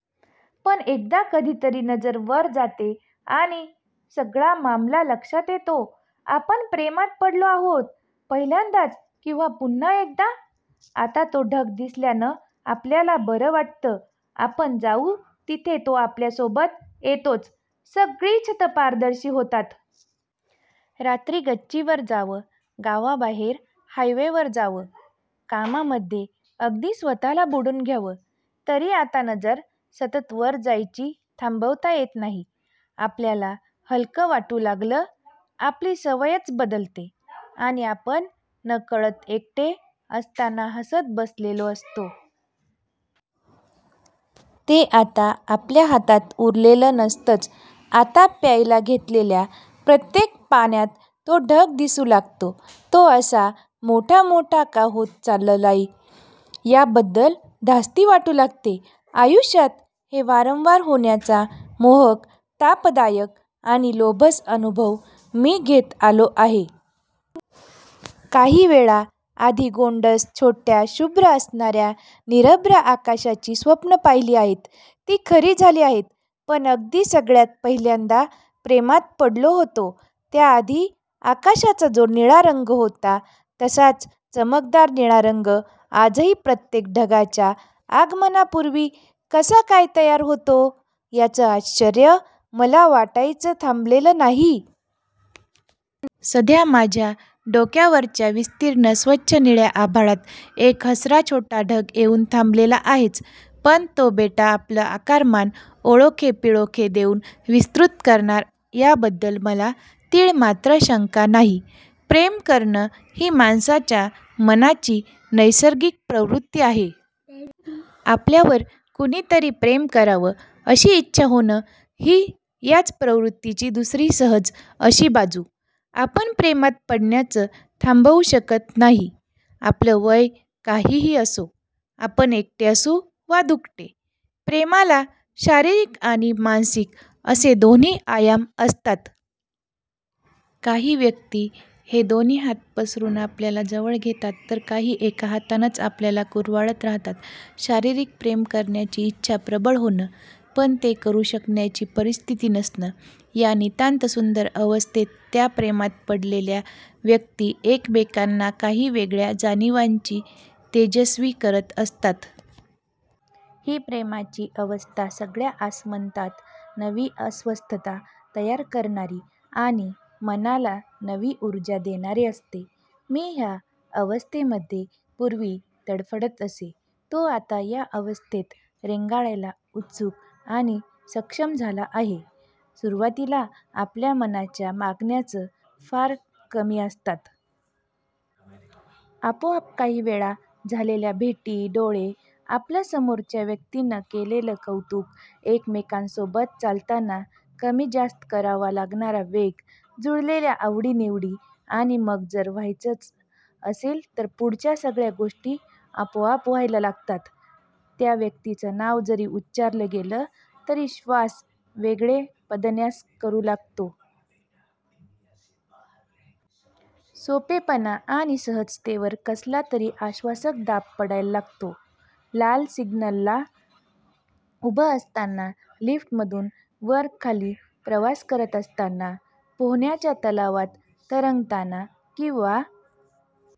पण एकदा कधीतरी नजर वर जाते आणि सगळा मामला लक्षात येतो. आपण प्रेमात पडलो आहोत. पहिल्यांदाच किंवा पुन्हा एकदा. आता तो ढग दिसल्यानं आपल्याला बरं वाटतं. आपण जाऊ तिथे तो आपल्यासोबत येतोच. सगळी छतं पारदर्शी होतात. रात्री गच्चीवर जावं, गावाबाहेर हायवेवर जावं, कामामध्ये अगदी स्वतःला बुडवून घ्यावं, तरी आता नजर सतत वर जायची थांबवता येत नाही. आपल्याला हलकं वाटू लागलं, आपली सवयच बदलते आणि आपण नकळत एकटे असताना हसत बसलेलो असतो. ते आता आपल्या हातात उरलेलं नसतंच. आता प्यायला घेतलेल्या प्रत्येक पाण्यात तो ढग दिसू लागतो. तो असा मोठा मोठा का होत चाललाय, याबद्दल धास्ती वाटू लागते. आयुष्यात हे वारंवार होण्याचा मोहक, तापदायक आणि लोभस अनुभव मी घेत आलो आहे. काही वेळा आधी गोंडस छोट्या शुभ्र असणाऱ्या निरभ्र आकाशाची स्वप्नं पाहिली आहेत. ती खरी झाली आहेत. पण अगदी सगळ्यात पहिल्यांदा प्रेमात पडलो होतो, त्याआधी आकाशाचा जो निळा रंग होता, तसाच चमकदार निळा रंग आजही प्रत्येक ढगाच्या आगमनापूर्वी कसा काय तयार होतो, याचं आश्चर्य मला वाटायचं थांबलेलं नाही. सध्या माझ्या डोक्यावरच्या विस्तीर्ण स्वच्छ निळ्या आभाळात एक हसरा छोटा ढग येऊन थांबलेला आहेच. पण तो बेटा आपलं आकारमान आळोखेपिळोखे देऊन विस्तृत करणार याबद्दल मला तीळमात्र शंका नाही. प्रेम करणं ही माणसाच्या मनाची नैसर्गिक प्रवृत्ती आहे. आपल्यावर कुणीतरी प्रेम करावं अशी इच्छा होणं, ही याच प्रवृत्तीची दुसरी सहज अशी बाजू. आपण प्रेमात पडण्याचं थांबवू शकत नाही. आपलं वय काहीही असो. आपण एकटे असू वा दुकटे. प्रेमाला शारीरिक आणि मानसिक असे दोन्ही आयाम असतात. काही व्यक्ती हे दोन्ही हात पसरून आपल्याला जवळ घेतात, तर काही एका हातानंच आपल्याला कुरवाळत राहतात. शारीरिक प्रेम करण्याची इच्छा प्रबळ होणं, पण ते करू शकण्याची परिस्थिती नसणं, या नितांतसुंदर अवस्थेत त्या प्रेमात पडलेल्या व्यक्ती एकमेकांना काही वेगळ्या जाणिवांची तेजस्वी करत असतात. ही प्रेमाची अवस्था सगळ्या आसमंतात नवी अस्वस्थता तयार करणारी आणि मनाला नवी ऊर्जा देणारी असते. मी ह्या अवस्थेमध्ये पूर्वी तडफडत असे. तो आता या अवस्थेत रेंगाळायला उत्सुक आणि सक्षम झाला आहे. सुरुवातीला आपल्या मनाच्या मागण्याच फार कमी असतात. आपोआप काही वेळा झालेल्या भेटी, डोळे, आपलं समोरच्या व्यक्तीनं केलेलं कौतुक, एकमेकांसोबत चालताना कमी जास्त करावा लागणारा वेग, जुळलेल्या आवडीनिवडी, आणि मग जर व्हायचंच असेल तर पुढच्या सगळ्या गोष्टी आपोआप व्हायला लागतात. त्या व्यक्तीचं नाव जरी उच्चारलं गेलं तरी श्वास वेगळे पदन्यास करू लागतो. सोपेपणा आणि सहजतेवर कसलातरी आश्वासक दाब पडायला लागतो. लाल सिग्नलला उभं असताना, लिफ्टमधून वरखाली प्रवास करत असताना, पोहण्याच्या तलावात तरंगताना किंवा